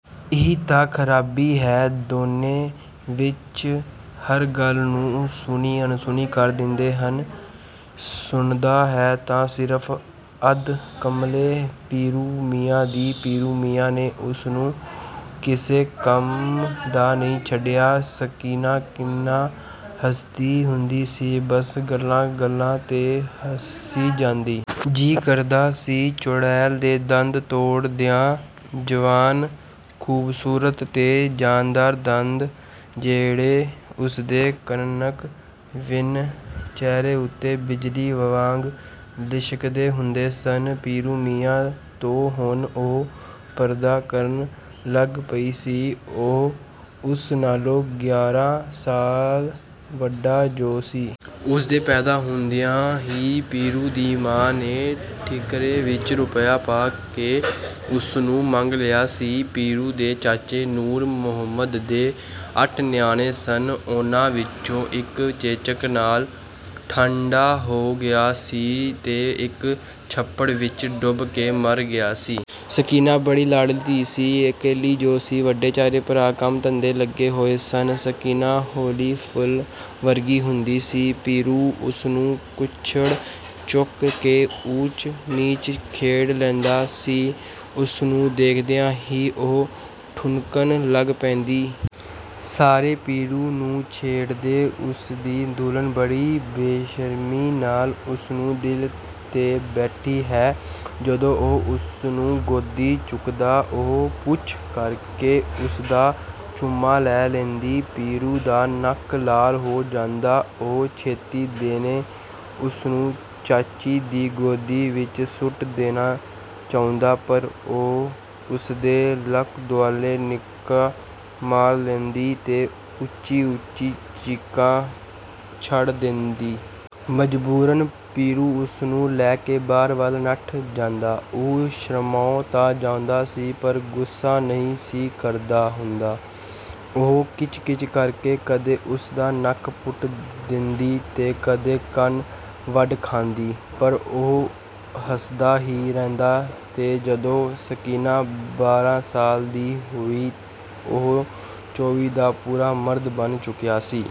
ਇਹੀ ਤਾਂ ਖਰਾਬੀ ਹੈ ਦੂਣੇ ਵਿੱਚ, ਹਰ ਗੱਲ ਨੂੰ ਸੁਣੀ-ਅਣਸੁਣੀ ਕਰ ਦਿੰਦਾ ਹੈ। ਸੁਣਦਾ ਹੈ ਤਾਂ ਸਿਰਫ ਅੱਧ ਕਮਲੇ ਪੀਰੂ ਮੀਆਂ ਦੀ, ਪੀਰੂ ਮੀਆਂ ਨੇ ਉਸਨੂੰ ਕਿਸੇ ਕੰਮ ਦਾ ਨਹੀਂ ਛੱਡਿਆ। ਸਕੀਨਾ ਕਿੰਨਾ ਹੱਸਦੀ ਹੁੰਦੀ ਸੀ, ਬੱਸ ਗੱਲ-ਗੱਲ 'ਤੇ ਹੱਸੀ ਜਾਂਦੀ। ਜੀਅ ਕਰਦਾ ਸੀ, ਚੁੜੈਲ ਦੇ ਦੰਦ ਤੋੜ ਦਿਆਂ। ਜਵਾਨ, ਖੂਬਸੂਰਤ 'ਤੇ ਜਾਨਦਾਰ ਦੰਦ ਜਿਹੜੇ ਉਸਦੇ ਕਣਕ-ਵੰਨੇ ਚਿਹਰੇ ਉੱਤੇ ਬਿਜਲੀ ਵਾਂਗ ਲਿਸ਼ਕਦੇ ਹੁੰਦੇ ਸਨ। ਪੀਰੂ ਮੀਆਂ ਤੋਂ ਹੁਣ ਉਹ ਪਰਦਾ ਕਰਨ ਲੱਗ ਪਈ ਸੀ। ਉਹ ਉਸ ਨਾਲੋਂ ਗਿਆਰਾਂ ਸਾਲ ਵੱਡਾ ਜੋ ਸੀ। ਉਸਦੇ ਪੈਦਾ ਹੁੰਦਿਆਂ ਹੀ ਪੀਰੂ ਦੀ ਮਾਂ ਨੇ ਠੀਕਰੇ ਵਿੱਚ ਰੁਪਈਆ ਪਾ ਕੇ ਉਸਨੂੰ ਮੰਗ ਲਿਆ ਸੀ। ਪੀਰੂ ਦੇ ਚਾਚੇ ਨੂਰ ਮੁਹੰਮਦ ਦੇ ਅੱਠ ਨਿਆਣੇ ਸਨ। ਉਹਨਾਂ ਵਿੱਚੋਂ ਇੱਕ ਚੇਚਕ ਨਾਲ ਠੰਡਾ ਹੋ ਗਿਆ ਸੀ ਤੇ ਇੱਕ ਛੱਪੜ ਵਿੱਚ ਡੁੱਬ ਕੇ ਮਰ ਗਿਆ ਸੀ। ਸਕੀਨਾ ਬੜੀ ਲਾਡਲੀ ਧੀ ਸੀ, ਇਕੱਲੀ ਜੋ ਸੀ। ਵੱਡੇ ਚਾਰੇ ਭਰਾ ਕੰਮ-ਧੰਦੇ ਲੱਗੇ ਹੋਏ ਸਨ। ਸਕੀਨਾ ਹੌਲੀ ਫੁੱਲ ਵਰਗੀ ਹੁੰਦੀ ਸੀ। ਪੀਰੂ ਉਸਨੂੰ ਕੁੱਛੜ ਚੁੱਕ ਕੇ ਊਚ-ਨੀਚ ਖੇਡ ਲੈਂਦਾ ਸੀ। ਉਸਨੂੰ ਦੇਖਦਿਆਂ ਹੀ ਉਹ ਠੁਣਕਣ ਲੱਗ ਪੈਂਦੀ। ਸਾਰੇ ਪੀਰੂ ਨੂੰ ਛੇੜਦੇ "ਉਸਦੀ ਦੁਲਹਨ ਬੜੀ ਬੇਸ਼ਰਮੀ ਨਾਲ ਉਸਨੂੰ ਦਿਲ ਦੇ ਬੈਠੀ ਹੈ।" ਜਦੋਂ ਉਹ ਉਸਨੂੰ ਗੋਦੀ ਚੁੱਕਦਾ ਉਹ 'ਪੁੱਚ' ਕਰਕੇ ਉਸਦਾ ਚੁੰਮਾ ਲੈ ਲੈਂਦੀ। ਪੀਰੂ ਦਾ ਨੱਕ ਲਾਲ ਹੋ ਜਾਂਦਾ, ਉਹ ਛੇਤੀ ਦੇਣੇ ਉਸਨੂੰ ਚਾਚੀ ਦੀ ਗੋਦੀ ਵਿੱਚ ਸੁੱਟ ਦੇਣਾ ਚਾਹੁੰਦਾ, ਪਰ ਉਹ ਉਸਦੇ ਲੱਕ ਦੁਆਲੇ ਨਿੱਕਾ ਮਾਰ ਲੈਂਦੀ ਤੇ ਉੱਚੀ-ਉੱਚੀ ਚੀਕਾਂ ਛੱਡ ਦਿੰਦੀ। ਮਜਬੂਰਨ ਪੀਰੂ ਉਸਨੂੰ ਲੈ ਕੇ ਬਾਹਰ ਵੱਲ ਨੱਠ ਜਾਂਦਾ। ਉਹ ਸ਼ਰਮਾਅ ਤਾਂ ਜਾਂਦਾ ਸੀ ਪਰ ਗੁੱਸਾ ਨਹੀਂ ਸੀ ਕਰਦਾ ਹੁੰਦਾ। ਉਹ ਕਿਚ-ਕਿਚ ਕਰਕੇ, ਕਦੇ, ਉਸਦਾ ਨੱਕ ਪੁੱਟ ਦਿੰਦੀ ਤੇ ਕਦੇ ਕੰਨ ਵੱਢ ਖਾਂਦੀ, ਪਰ ਉਹ ਹੱਸਦਾ ਹੀ ਰਹਿੰਦਾ ਤੇ ਜਦੋਂ ਸਕੀਨਾ ਬਾਰਾਂ ਸਾਲ ਦੀ ਹੋਈ, ਉਹ ਚੌਵੀ ਦਾ ਪੂਰਾ ਮਰਦ ਬਣ ਚੁੱਕਿਆ ਸੀ।